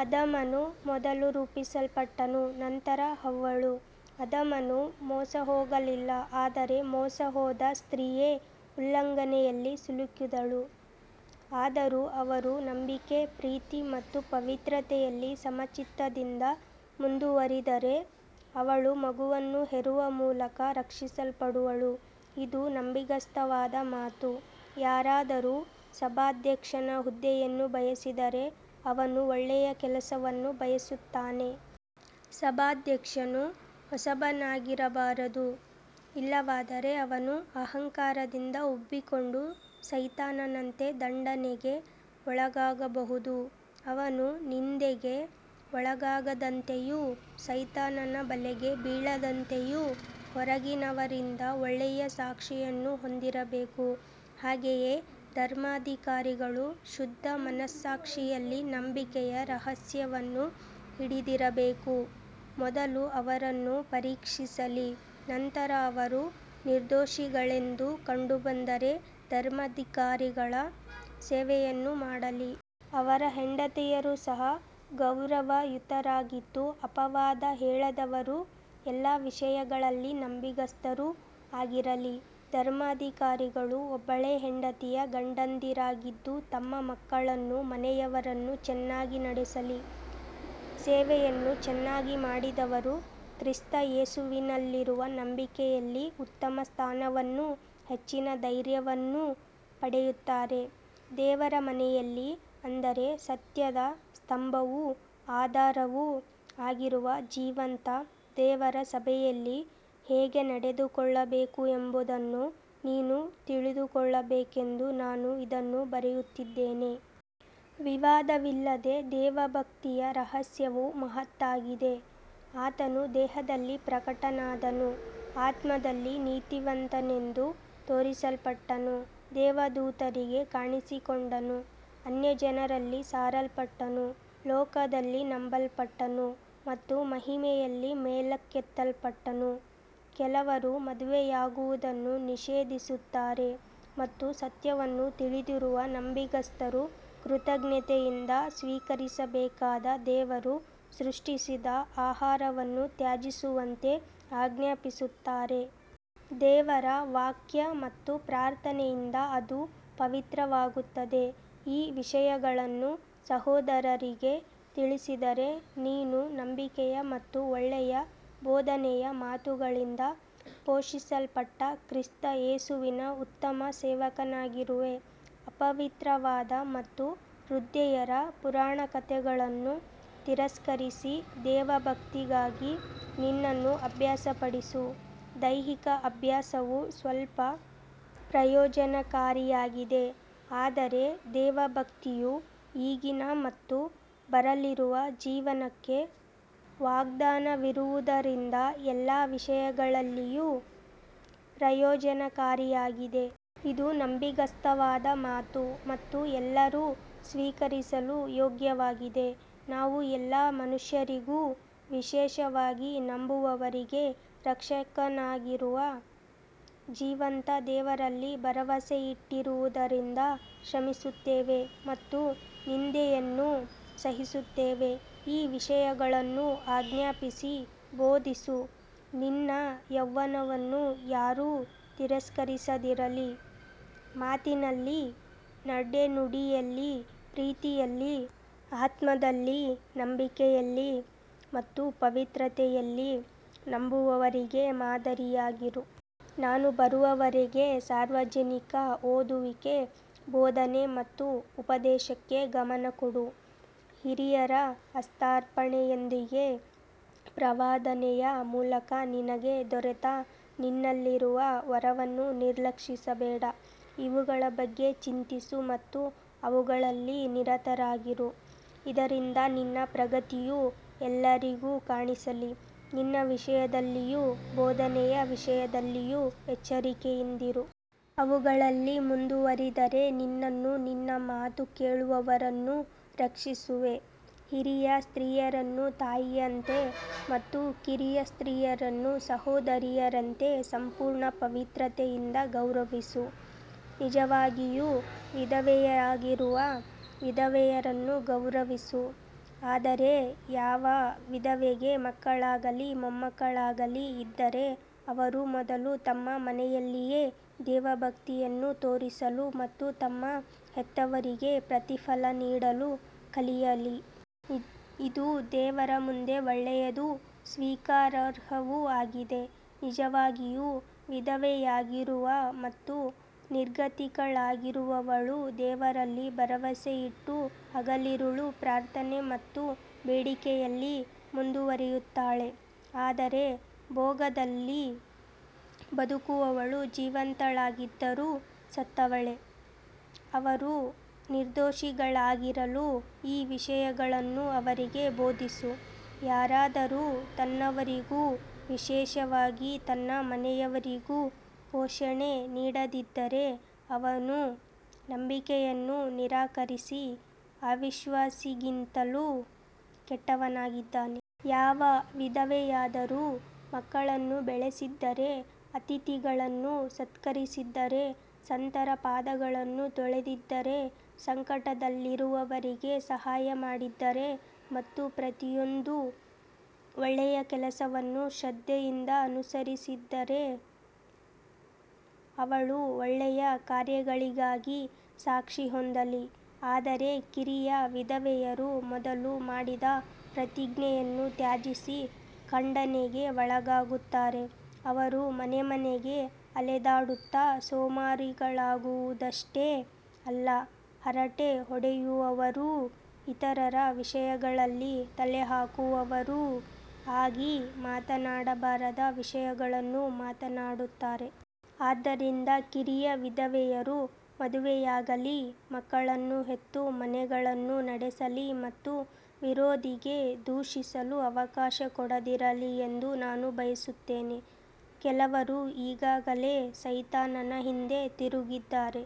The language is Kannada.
ಆದಾಮನು ಮೊದಲು ರೂಪಿಸಲ್ಪಟ್ಟನು, ನಂತರ ಹವ್ವಳು. ಆದಾಮನು ಮೋಸಹೋಗಲಿಲ್ಲ, ಆದರೆ ಮೋಸಹೋದ ಸ್ತ್ರೀಯೇ ಉಲ್ಲಂಘನೆಯಲ್ಲಿ ಸಿಲುಕಿದಳು. ಆದರೂ ಅವರು ನಂಬಿಕೆ, ಪ್ರೀತಿ ಮತ್ತು ಪವಿತ್ರತೆಯಲ್ಲಿ ಸಮಚಿತ್ತದಿಂದ ಮುಂದುವರಿದರೆ, ಅವಳು ಮಗುವನ್ನು ಹೆರುವ ಮೂಲಕ ರಕ್ಷಿಸಲ್ಪಡುವಳು. ಇದು ನಂಬಿಗಸ್ತವಾದ ಮಾತು. ಯಾರಾದರೂ ಸಭಾಧ್ಯಕ್ಷನ ಹುದ್ದೆಯನ್ನು ಬಯಸಿದರೆ, ಅವನು ಒಳ್ಳೆಯ ಕೆಲಸವನ್ನು ಬಯಸುತ್ತಾನೆ. ಸಭಾಧ್ಯಕ್ಷನು ಹೊಸಬನಾಗಿರಬಾರದು, ಇಲ್ಲವಾದರೆ ಅವನು ಅಹಂಕಾರದಿಂದ ಉಬ್ಬಿಕೊಂಡು ಸೈತಾನನಂತೆ ದಂಡನೆಗೆ ಒಳಗಾಗಬಹುದು. ಅವನು ನಿಂದೆಗೆ ಒಳಗಾಗದಂತೆಯೂ ಸೈತಾನನ ಬಲೆಗೆ ಬೀಳದಂತೆಯೂ ಹೊರಗಿನವರಿಂದ ಒಳ್ಳೆಯ ಸಾಕ್ಷಿಯನ್ನು ಹೊಂದಿರಬೇಕು. ಹಾಗೆಯೇ ಧರ್ಮಾಧಿಕಾರಿಗಳು ಶುದ್ಧ ಮನಸ್ಸಾಕ್ಷಿಯಲ್ಲಿ ನಂಬಿಕೆಯ ರಹಸ್ಯವನ್ನು ಹಿಡಿದಿರಬೇಕು. ಮೊದಲು ಅವರನ್ನು ಪರೀಕ್ಷಿಸಲಿ, ನಂತರ ಅವರು ನಿರ್ದೋಷಿಗಳೆಂದು ಕಂಡುಬಂದರೆ ಧರ್ಮಾಧಿಕಾರಿಗಳ ಸೇವೆಯನ್ನು ಮಾಡಲಿ. ಅವರ ಹೆಂಡತಿಯರು ಸಹ ಗೌರವಯುತರಾಗಿದ್ದು, ಅಪವಾದ ಹೇಳದವರೂ ಎಲ್ಲ ವಿಷಯಗಳಲ್ಲಿ ನಂಬಿಗಸ್ತರೂ ಆಗಿರಲಿ. ಧರ್ಮಾಧಿಕಾರಿಗಳು ಒಬ್ಬಳೇ ಹೆಂಡತಿಯ ಗಂಡಂದಿರಾಗಿದ್ದು, ತಮ್ಮ ಮಕ್ಕಳನ್ನೂ ಮನೆಯವರನ್ನೂ ಚೆನ್ನಾಗಿ ನಡೆಸಲಿ. ಸೇವೆಯನ್ನು ಚೆನ್ನಾಗಿ ಮಾಡಿದವರು ಕ್ರಿಸ್ತ ಯೇಸುವಿನಲ್ಲಿರುವ ನಂಬಿಕೆಯಲ್ಲಿ ಉತ್ತಮ ಸ್ಥಾನವನ್ನೂ ಹೆಚ್ಚಿನ ಧೈರ್ಯವನ್ನೂ ಪಡೆಯುತ್ತಾರೆ. ದೇವರ ಮನೆಯಲ್ಲಿ, ಅಂದರೆ ಸತ್ಯದ ಸ್ತಂಭವೂ ಆಧಾರವೂ ಆಗಿರುವ ಜೀವಂತ ದೇವರ ಸಭೆಯಲ್ಲಿ, ಹೇಗೆ ನಡೆದುಕೊಳ್ಳಬೇಕು ಎಂಬುದನ್ನು ನೀನು ತಿಳಿದುಕೊಳ್ಳಬೇಕೆಂದು ನಾನು ಇದನ್ನು ಬರೆಯುತ್ತಿದ್ದೇನೆ. ವಿವಾದವಿಲ್ಲದೆ ದೇವಭಕ್ತಿಯ ರಹಸ್ಯವು ಮಹತ್ತಾಗಿದೆ. ಆತನು ದೇಹದಲ್ಲಿ ಪ್ರಕಟನಾದನು, ಆತ್ಮದಲ್ಲಿ ನೀತಿವಂತನೆಂದು ತೋರಿಸಲ್ಪಟ್ಟನು, ದೇವದೂತರಿಗೆ ಕಾಣಿಸಿಕೊಂಡನು, ಅನ್ಯಜನರಲ್ಲಿ ಸಾರಲ್ಪಟ್ಟನು, ಲೋಕದಲ್ಲಿ ನಂಬಲ್ಪಟ್ಟನು ಮತ್ತು ಮಹಿಮೆಯಲ್ಲಿ ಮೇಲಕ್ಕೆತ್ತಲ್ಪಟ್ಟನು. ಕೆಲವರು ಮದುವೆಯಾಗುವುದನ್ನು ನಿಷೇಧಿಸುತ್ತಾರೆ ಮತ್ತು ಸತ್ಯವನ್ನು ತಿಳಿದಿರುವ ನಂಬಿಗಸ್ತರು ಕೃತಜ್ಞತೆಯಿಂದ ಸ್ವೀಕರಿಸಬೇಕಾದ ದೇವರು ಸೃಷ್ಟಿಸಿದ ಆಹಾರವನ್ನು ತ್ಯಜಿಸುವಂತೆ ಆಜ್ಞಾಪಿಸುತ್ತಾರೆ. ದೇವರ ವಾಕ್ಯ ಮತ್ತು ಪ್ರಾರ್ಥನೆಯಿಂದ ಅದು ಪವಿತ್ರವಾಗುತ್ತದೆ. ಈ ವಿಷಯಗಳನ್ನು ಸಹೋದರರಿಗೆ ತಿಳಿಸಿದರೆ, ನೀನು ನಂಬಿಕೆಯ ಮತ್ತು ಒಳ್ಳೆಯ ಬೋಧನೆಯ ಮಾತುಗಳಿಂದ ಪೋಷಿಸಲ್ಪಟ್ಟ ಕ್ರಿಸ್ತ ಯೇಸುವಿನ ಉತ್ತಮ ಸೇವಕನಾಗಿರುವೆ. ಅಪವಿತ್ರವಾದ ಮತ್ತು ವೃದ್ಧೆಯರ ಪುರಾಣಕಥೆಗಳನ್ನು ತಿರಸ್ಕರಿಸಿ, ದೇವಭಕ್ತಿಗಾಗಿ ನಿನ್ನನ್ನು ಅಭ್ಯಾಸಪಡಿಸು. ದೈಹಿಕ ಅಭ್ಯಾಸವು ಸ್ವಲ್ಪ ಪ್ರಯೋಜನಕಾರಿಯಾಗಿದೆ, ಆದರೆ ದೇವಭಕ್ತಿಯು ಈಗಿನ ಮತ್ತು ಬರಲಿರುವ ಜೀವನಕ್ಕೆ ವಾಗ್ದಾನವಿರುವುದರಿಂದ ಎಲ್ಲ ವಿಷಯಗಳಲ್ಲಿಯೂ ಪ್ರಯೋಜನಕಾರಿಯಾಗಿದೆ. ಇದು ನಂಬಿಗಸ್ತವಾದ ಮಾತು ಮತ್ತು ಎಲ್ಲರೂ ಸ್ವೀಕರಿಸಲು ಯೋಗ್ಯವಾಗಿದೆ. ನಾವು ಎಲ್ಲ ಮನುಷ್ಯರಿಗೂ, ವಿಶೇಷವಾಗಿ ನಂಬುವವರಿಗೆ ರಕ್ಷಕನಾಗಿರುವ ಜೀವಂತ ದೇವರಲ್ಲಿ ಭರವಸೆಯಿಟ್ಟಿರುವುದರಿಂದ ಶ್ರಮಿಸುತ್ತೇವೆ ಮತ್ತು ನಿಂದೆಯನ್ನು ಸಹಿಸುತ್ತೇವೆ. ಈ ವಿಷಯಗಳನ್ನು ಆಜ್ಞಾಪಿಸಿ ಬೋಧಿಸು. ನಿನ್ನ ಯೌವನವನ್ನು ಯಾರೂ ತಿರಸ್ಕರಿಸದಿರಲಿ. ಮಾತಿನಲ್ಲಿ, ನಡೆನುಡಿಯಲ್ಲಿ, ಪ್ರೀತಿಯಲ್ಲಿ, ಆತ್ಮದಲ್ಲಿ, ನಂಬಿಕೆಯಲ್ಲಿ ಮತ್ತು ಪವಿತ್ರತೆಯಲ್ಲಿ ನಂಬುವವರಿಗೆ ಮಾದರಿಯಾಗಿರು. ನಾನು ಬರುವವರೆಗೆ ಸಾರ್ವಜನಿಕ ಓದುವಿಕೆ, ಬೋಧನೆ ಮತ್ತು ಉಪದೇಶಕ್ಕೆ ಗಮನಕೊಡು. ಹಿರಿಯರ ಹಸ್ತಾರ್ಪಣೆಯೊಂದಿಗೆ ಪ್ರವಾದನೆಯ ಮೂಲಕ ನಿನಗೆ ದೊರೆತ ನಿನ್ನಲ್ಲಿರುವ ವರವನ್ನು ನಿರ್ಲಕ್ಷಿಸಬೇಡ. ಇವುಗಳ ಬಗ್ಗೆ ಚಿಂತಿಸು ಮತ್ತು ಅವುಗಳಲ್ಲಿ ನಿರತರಾಗಿರು, ಇದರಿಂದ ನಿನ್ನ ಪ್ರಗತಿಯು ಎಲ್ಲರಿಗೂ ಕಾಣಿಸಲಿ. ನಿನ್ನ ವಿಷಯದಲ್ಲಿಯೂ ಬೋಧನೆಯ ವಿಷಯದಲ್ಲಿಯೂ ಎಚ್ಚರಿಕೆಯಿಂದಿರು. ಅವುಗಳಲ್ಲಿ ಮುಂದುವರಿದರೆ ನಿನ್ನನ್ನೂ ನಿನ್ನ ಮಾತು ಕೇಳುವವರನ್ನೂ ರಕ್ಷಿಸುವೆ. ಹಿರಿಯ ಸ್ತ್ರೀಯರನ್ನು ತಾಯಿಯಂತೆ ಮತ್ತು ಕಿರಿಯ ಸ್ತ್ರೀಯರನ್ನು ಸಹೋದರಿಯರಂತೆ ಸಂಪೂರ್ಣ ಪವಿತ್ರತೆಯಿಂದ ಗೌರವಿಸು. ನಿಜವಾಗಿಯೂ ವಿಧವೆಯಾಗಿರುವ ವಿಧವೆಯರನ್ನು ಗೌರವಿಸು. ಆದರೆ ಯಾವ ವಿಧವೆಗೆ ಮಕ್ಕಳಾಗಲಿ ಮೊಮ್ಮಕ್ಕಳಾಗಲಿ ಇದ್ದರೆ, ಅವರು ಮೊದಲು ತಮ್ಮ ಮನೆಯಲ್ಲಿಯೇ ದೇವಭಕ್ತಿಯನ್ನು ತೋರಿಸಲು ಮತ್ತು ತಮ್ಮ ಹೆತ್ತವರಿಗೆ ಪ್ರತಿಫಲ ನೀಡಲು ಕಲಿಯಲಿ. ಇದು ದೇವರ ಮುಂದೆ ಒಳ್ಳೆಯದೂ ಸ್ವೀಕಾರಾರ್ಹವೂ ಆಗಿದೆ. ನಿಜವಾಗಿಯೂ ವಿಧವೆಯಾಗಿರುವ ಮತ್ತು ನಿರ್ಗತಿಕಳಾಗಿರುವವಳು ದೇವರಲ್ಲಿ ಭರವಸೆಯಿಟ್ಟು ಹಗಲಿರುಳು ಪ್ರಾರ್ಥನೆ ಮತ್ತು ಬೇಡಿಕೆಯಲ್ಲಿ ಮುಂದುವರಿಯುತ್ತಾಳೆ. ಆದರೆ ಭೋಗದಲ್ಲಿ ಬದುಕುವವಳು ಜೀವಂತಳಾಗಿದ್ದರೂ ಸತ್ತವಳೇ. ಅವರು ನಿರ್ದೋಷಿಗಳಾಗಿರಲು ಈ ವಿಷಯಗಳನ್ನು ಅವರಿಗೆ ಬೋಧಿಸು. ಯಾರಾದರೂ ತನ್ನವರಿಗೂ ವಿಶೇಷವಾಗಿ ತನ್ನ ಮನೆಯವರಿಗೂ ಪೋಷಣೆ ನೀಡದಿದ್ದರೆ, ಅವನು ನಂಬಿಕೆಯನ್ನು ನಿರಾಕರಿಸಿ ಅವಿಶ್ವಾಸಿಗಿಂತಲೂ ಕೆಟ್ಟವನಾಗಿದ್ದಾನೆ. ಯಾವ ವಿಧವೆಯಾದರೂ ಮಕ್ಕಳನ್ನು ಬೆಳೆಸಿದ್ದರೆ, ಅತಿಥಿಗಳನ್ನು ಸತ್ಕರಿಸಿದ್ದರೆ, ಸಂತರ ಪಾದಗಳನ್ನು ತೊಳೆದಿದ್ದರೆ, ಸಂಕಟದಲ್ಲಿರುವವರಿಗೆ ಸಹಾಯಮಾಡಿದ್ದರೆ ಮತ್ತು ಪ್ರತಿಯೊಂದು ಒಳ್ಳೆಯ ಕೆಲಸವನ್ನು ಶ್ರದ್ಧೆಯಿಂದ ಅನುಸರಿಸಿದ್ದರೆ, ಅವಳು ಒಳ್ಳೆಯ ಕಾರ್ಯಗಳಿಗಾಗಿ ಸಾಕ್ಷಿ ಹೊಂದಲಿ. ಆದರೆ ಕಿರಿಯ ವಿಧವೆಯರು ಮೊದಲು ಮಾಡಿದ ಪ್ರತಿಜ್ಞೆಯನ್ನು ತ್ಯಜಿಸಿ ಖಂಡನೆಗೆ ಒಳಗಾಗುತ್ತಾರೆ. ಅವರು ಮನೆಮನೆಗೆ ಅಲೆದಾಡುತ್ತಾ ಸೋಮಾರಿಗಳಾಗುವುದಷ್ಟೇ ಅಲ್ಲ, ಹರಟೆ ಹೊಡೆಯುವವರೂ ಇತರರ ವಿಷಯಗಳಲ್ಲಿ ತಲೆಹಾಕುವವರೂ ಆಗಿ ಮಾತನಾಡಬಾರದ ವಿಷಯಗಳನ್ನು ಮಾತನಾಡುತ್ತಾರೆ. ಆದ್ದರಿಂದ ಕಿರಿಯ ವಿಧವೆಯರು ಮದುವೆಯಾಗಲಿ, ಮಕ್ಕಳನ್ನು ಹೆತ್ತು, ಮನೆಗಳನ್ನು ನಡೆಸಲಿ ಮತ್ತು ವಿರೋಧಿಗೆ ದೂಷಿಸಲು ಅವಕಾಶ ಕೊಡದಿರಲಿ ಎಂದು ನಾನು ಬಯಸುತ್ತೇನೆ. ಕೆಲವರು ಈಗಾಗಲೇ ಸೈತಾನನ ಹಿಂದೆ ತಿರುಗಿದ್ದಾರೆ.